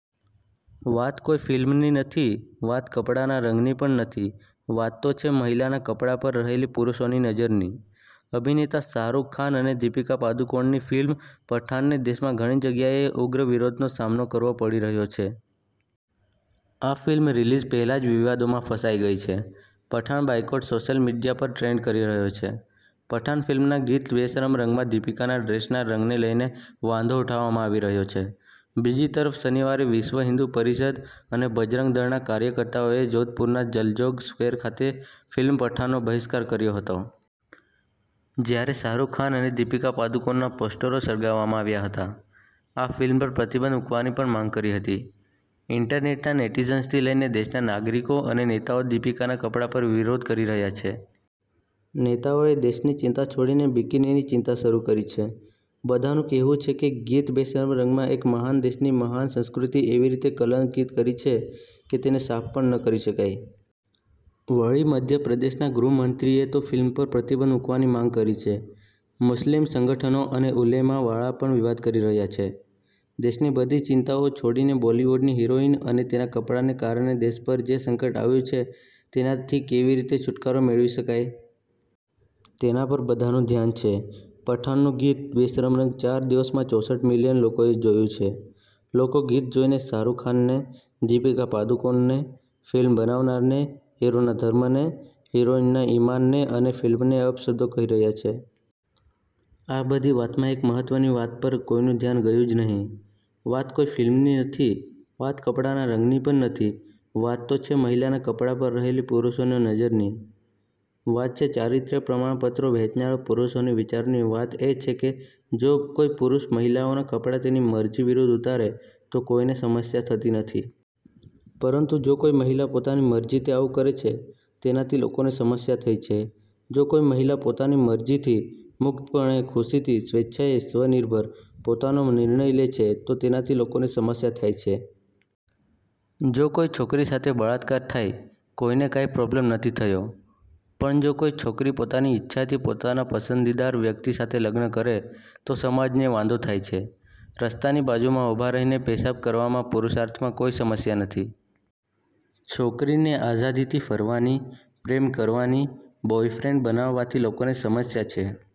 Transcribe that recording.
વાત કોઈ ફિલ્મની નથી વાત કપડાના રંગની પણ નથી, વાત તો છે મહિલાના કપડા પર રહેલી પુરુષોની નજરની. અભિનેતા શાહરૂખ ખાન અને દીપિકા પાદુકોણની ફિલ્મ પઠાણને દેશમાં ઘણી જગ્યાએ ઉગ્ર વિરોધનો સામનો કરવો પડી રહ્યો છે. આ ફિલ્મ રિલીઝ પહેલા જ વિવાદોમાં ફસાઈ ગઈ છે. 'પઠાણ બોયકોટ' સોશિયલ મીડિયા પર ટ્રેન્ડ કરી રહ્યો છે. પઠાણ ફિલ્મના ગીત 'બેશરમ રંગ'માં દીપિકાના ડ્રેસના રંગને લઈને વાંધો ઉઠાવવામાં આવી રહ્યો છે. બીજી તરફ શનિવારે વિશ્વ હિન્દુ પરિષદ અને બજરંગ દળના કાર્યકર્તાઓએ જોધપુરના જલજોગ સ્ક્વેર ખાતે ફિલ્મ પઠાણનો બહિષ્કાર કર્યો હતો. જ્યારે શાહરૂખ ખાન અને દીપિકા પાદુકોણના પોસ્ટરો સળગાવવામાં આવ્યા હતા. આ ફિલ્મ પર પ્રતિબંધ મૂકવાની પણ માંગ કરી હતી. ઈન્ટરનેટના નેટીઝન્સથી લઈને દેશના નાગરિકો અને નેતાઓ દીપિકાના કપડા પર વિરોધ કરી રહ્યા છે. નેતાઓએ દેશની ચિંતા છોડીને બિકિનીની ચિંતા શરૂ કરી છે. બધાનું કહેવું છે કે, ગીત 'બેશરમ રંગ'માં એક મહાન દેશની મહાન સંસ્કૃતિ એવી રીતે કલંકીત કરી છે કે તેને સાફ પણ ન કરી શકાય. વળી મધ્યપ્રદેશના ગૃહમંત્રીએ તો ફિલ્મ પર પ્રતિબંધ મૂકવાની માગ કરી છે. મુસ્લિમ સંગઠનો અને ઉલેમા વાળા પણ વિવાદ કરી રહ્યા છે. દેશની બધી ચિંતાઓ છોડીને બોલિવૂડની હિરોઈન અને તેના કપડાને કારણે દેશ પર જે સંકટ આવ્યું છે તેનાથી કેવી છુટકારો મેળવી શકાય? તેના પર બધાનું ધ્યાન છે. પઠાણનું ગીત 'બેશરમ રંગ' ચાર દિવસમાં ચોસઠ મિલિયન લોકોએ જોયું છે. લોકો ગીત જોઇને શાહરૂખ ખાનને, દીપિકા પદુકોણને, ફિલ્મ બનાવનારને, હિરોના ધર્મને, હિરોઈનના ઈમાનને અને ફિલ્મને અપશબ્દો કહી રહ્યા છે. આ બધી વાતમાં એક મહત્વની વાત પર કોઈનું ધ્યાન ગ્યુજ નહી. વાત કોઈ ફિલ્મની નથી. વાત કપડાના રંગની પણ નથી વાત તો છે મહિલાના કપડાં પર રહેલી પુરુષોની નજરની. વાત છે ચારિત્ર્ય પ્રમાણપત્રો વહેંચનારા પુરુષોના વિચારોની વાત એ છે કે જો કોઈ પુરુષ મહિલાઓના કપડા તેની મરજી વિરુધ ઉતારે તો કોઈને સમસ્યા થતી નથી. પરંતુ જો કોઈ મહિલા પોતાની મરજીથી આવું કરે છે તેનાથી લોકોને સમસ્યા થઇ છે. જો કોઈ મહિલા પોતાની મરજીથી, મુક્તપણે, ખુશીથી, સ્વેચ્છાએ, સ્વ-નિર્ભર, પોતાનો નિર્ણય લે છે તો તેનાથી લોકોને સમસ્યા થાય છે. જો કોઈ છોકરી સાથે બળાત્કાર થાય ,કોઈને કાય પ્રોબ્લેમ નથી થયો પણ જો કોઈ છોકરી પોતાની ઈચ્છાથી પોતાના પસંદીદાર વ્યક્તિ સાથે લગ્ન કરે તો સમાજને વાંધો થાય છે. રસ્તાની બાજુમાં ઉભા રહીને પેશાબ કરવામાં પુરૂષાર્થમાં કોઈ સમસ્યા નથી. છોકરીની આઝાદીથી ફરવાની, પ્રેમ કરવાની, બોયફ્રેન્ડ બનાવવાથી લોકોને સમસ્યા છે.